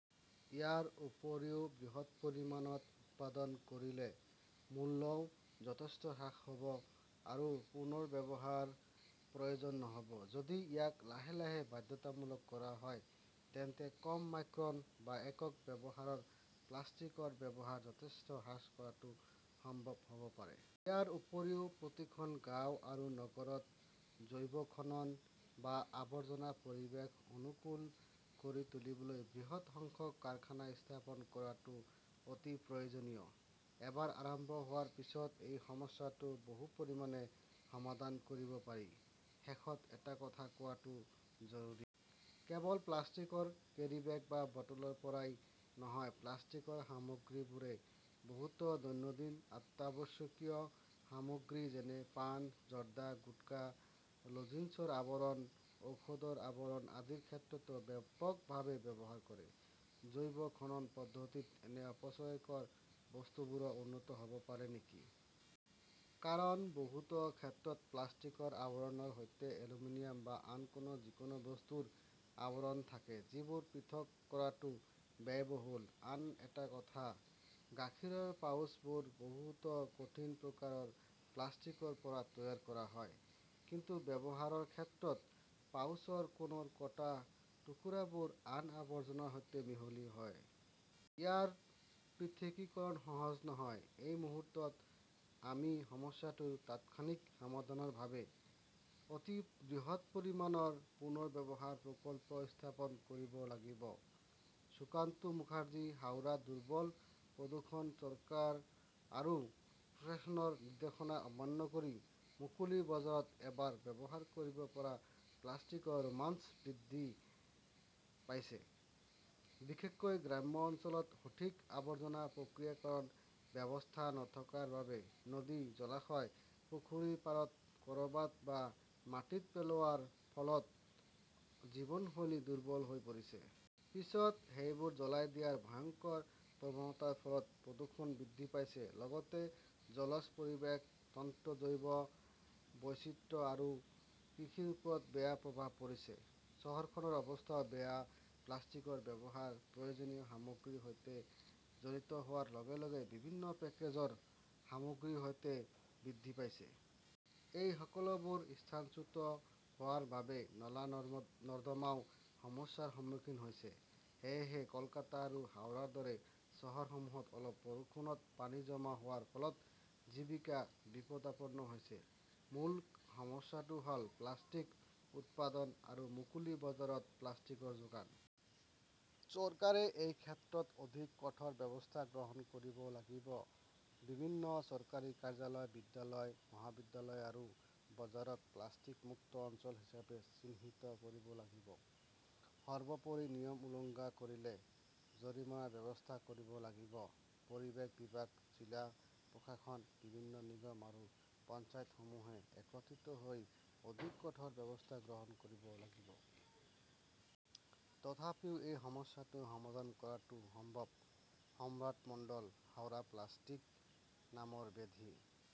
ইয়াৰ উপৰিও, বৃহৎ পৰিমাণত উৎপাদন কৰিলে মূল্যও যথেষ্ট হ্ৰাস হ "ব, আৰু পুনৰ্ব্যৱহাৰৰ পদ্ধতিৰ প্ৰয়োজন নহ" ব। যদি ইয়াক লাহে লাহে বাধ্যতামূলক কৰা হয় তেন্তে কম মাইক্ৰন বা 'একক ব্যৱহাৰৰ' প্লাষ্টিকৰ ব্যৱহাৰ যথেষ্ট হ্ৰাস কৰাটো সম্ভৱ হ 'ব পাৰে। ইয়াৰ উপৰিও প্ৰতিখন গাঁৱ আৰু নগৰত 'জৈৱ-খনন "বা আৱৰ্জনা পৰিৱেশ অনুকূল কৰি তুলিবলৈ বৃহৎ সংখ্যক কাৰখানা স্থাপন কৰাটো অতি প্ৰয়োজনীয়। এবাৰ আৰম্ভ হোৱাৰ পিছত এই সমস্যাটো বহু পৰিমাণে সমাধান কৰিব পাৰি। শেষত এটা কথা কোৱাটো জৰুৰী। কেৱল প্লাষ্টিকৰ কেৰিব্যাগ বা বটলৰ পৰাই নহয়, প্লাষ্টিকৰ সামগ্ৰীবোৰে বহুতো দৈনন্দিন অত্যাৱশ্যকীয় সামগ্ৰী যেনে পান, জৰ্দা, গুটকা, লজিন্সৰ আৱৰণ, ঔষধৰ আৱৰণ আদিৰ ক্ষেত্ৰতো ব্যাপকভাৱে ব্যৱহাৰ কৰে। জৈৱ খনন পদ্ধতিত এনে অপচয়কৰ বস্তুবোৰো উন্নত হ "ব পাৰে নেকি? কাৰণ, বহুতো ক্ষেত্ৰত প্লাষ্টিকৰ আৱৰণৰ সৈতে এলুমিনিয়াম বা আন যিকোনো বস্তুৰ আৱৰণ থাকে, যিবোৰ পৃথক কৰাটো ব্যয়বহুল। আন এটা কথা-গাখীৰৰ পাউচবোৰ বহুতো কঠিন প্ৰকাৰৰ প্লাষ্টিকৰ পৰা তৈয়াৰ কৰা হয়, কিন্তু ব্যৱহাৰৰ ক্ষেত্ৰত পাউচৰ কোণৰ কটা টুকুৰাবোৰ আন আৱৰ্জনাৰ সৈতে মিহলি হয়। ইয়াৰ পৃথকীকৰণ সহজ নহয়। এই মুহূৰ্তত আমি সমস্যাটোৰ তাৎক্ষণিক সমাধানৰ বাবে অতি বৃহৎ পৰিমাণৰ পুনৰ্ব্যৱহাৰ প্ৰকল্প স্থাপন কৰিব লাগিব। সুকান্ত মুখাৰ্জী, হাওৰা দুৰ্বল প্ৰদূষণ চৰকাৰ আৰু প্ৰশাসনৰ নিৰ্দেশনা অমান্য কৰি মুকলি বজাৰত এবাৰ ব্যৱহাৰ কৰিব পৰা প্লাষ্টিকৰ ৰোমাঞ্চ বৃদ্ধি পাইছে, বিশেষকৈ গ্ৰাম্য অঞ্চলত সঠিক আৱৰ্জনা প্ৰক্ৰিয়াকৰণ ব্যৱস্থা নথকাৰ বাবে নদী, জলাশয়, পুখুৰীৰ পাৰত, ক 'ৰবাত বা মাটিত পেলোৱাৰ ফলত জীৱনশৈলী দুৰ্বল হৈ পৰিছে। পিছত সেইবোৰ জ্বলাই দিয়াৰ ভয়ংকৰ প্ৰৱণতাৰ ফলত প্ৰদূষণ বৃদ্ধি পাইছে, লগতে জলজ পৰিৱেশ তন্ত্ৰ, জৈৱ বৈচিত্ৰ্য আৰু কৃষিৰ ওপৰত বেয়া প্ৰভাৱ পৰিছে। চহৰখনৰ অৱস্থাও বেয়া, প্লাষ্টিকৰ ব্যৱহাৰ প্ৰয়োজনীয় সামগ্ৰীৰ সৈতে জড়িত হোৱাৰ লগে লগে বিভিন্ন পেকেজৰ সামগ্ৰীৰ সৈতে বৃদ্ধি পাইছে। এই সকলোবোৰ স্থানচ্যুত হোৱাৰ বাবে নলা-নৰ্দমাও সমস্যাৰ সন্মুখীন হৈছে। সেয়েহে কলকাতা আৰু হাওৰাৰ দৰে চহৰসমূহত অলপ বৰষুণত পানী জমা হোৱাৰ ফলত জীৱিকা বিপদাপন্ন হৈছে। মূল সমস্যাটো হ "ল প্লাষ্টিক উৎপাদন আৰু মুকলি বজাৰত প্লাষ্টিকৰ যোগান। চৰকাৰে এই ক্ষেত্ৰত অধিক কঠোৰ ব্যৱস্থা গ্ৰহণ কৰিব লাগিব। বিভিন্ন চৰকাৰী কাৰ্যালয়, বিদ্যালয়, মহাবিদ্যালয় আৰু বজাৰক প্লাষ্টিক মুক্ত অঞ্চল হিচাপে চিহ্নিত কৰিব লাগিব। সৰ্বোপৰি, নিয়ম উলংঘা কৰিলে জৰিমনাৰ ব্যৱস্থা কৰিব লাগিব। পৰিৱেশ বিভাগ, জিলা প্ৰশাসন, বিভিন্ন নিগম আৰু পঞ্চায়তসমূহে একত্ৰিত হৈ অধিক কঠোৰ ব্যৱস্থা গ্ৰহণ কৰিব লাগিব। তথাপিও এই সমস্যাটো সমাধান কৰাটো সম্ভৱ। সম্ৰাট মণ্ডল, হাওৰা। প্লাষ্টিক নামৰ ব্যাধি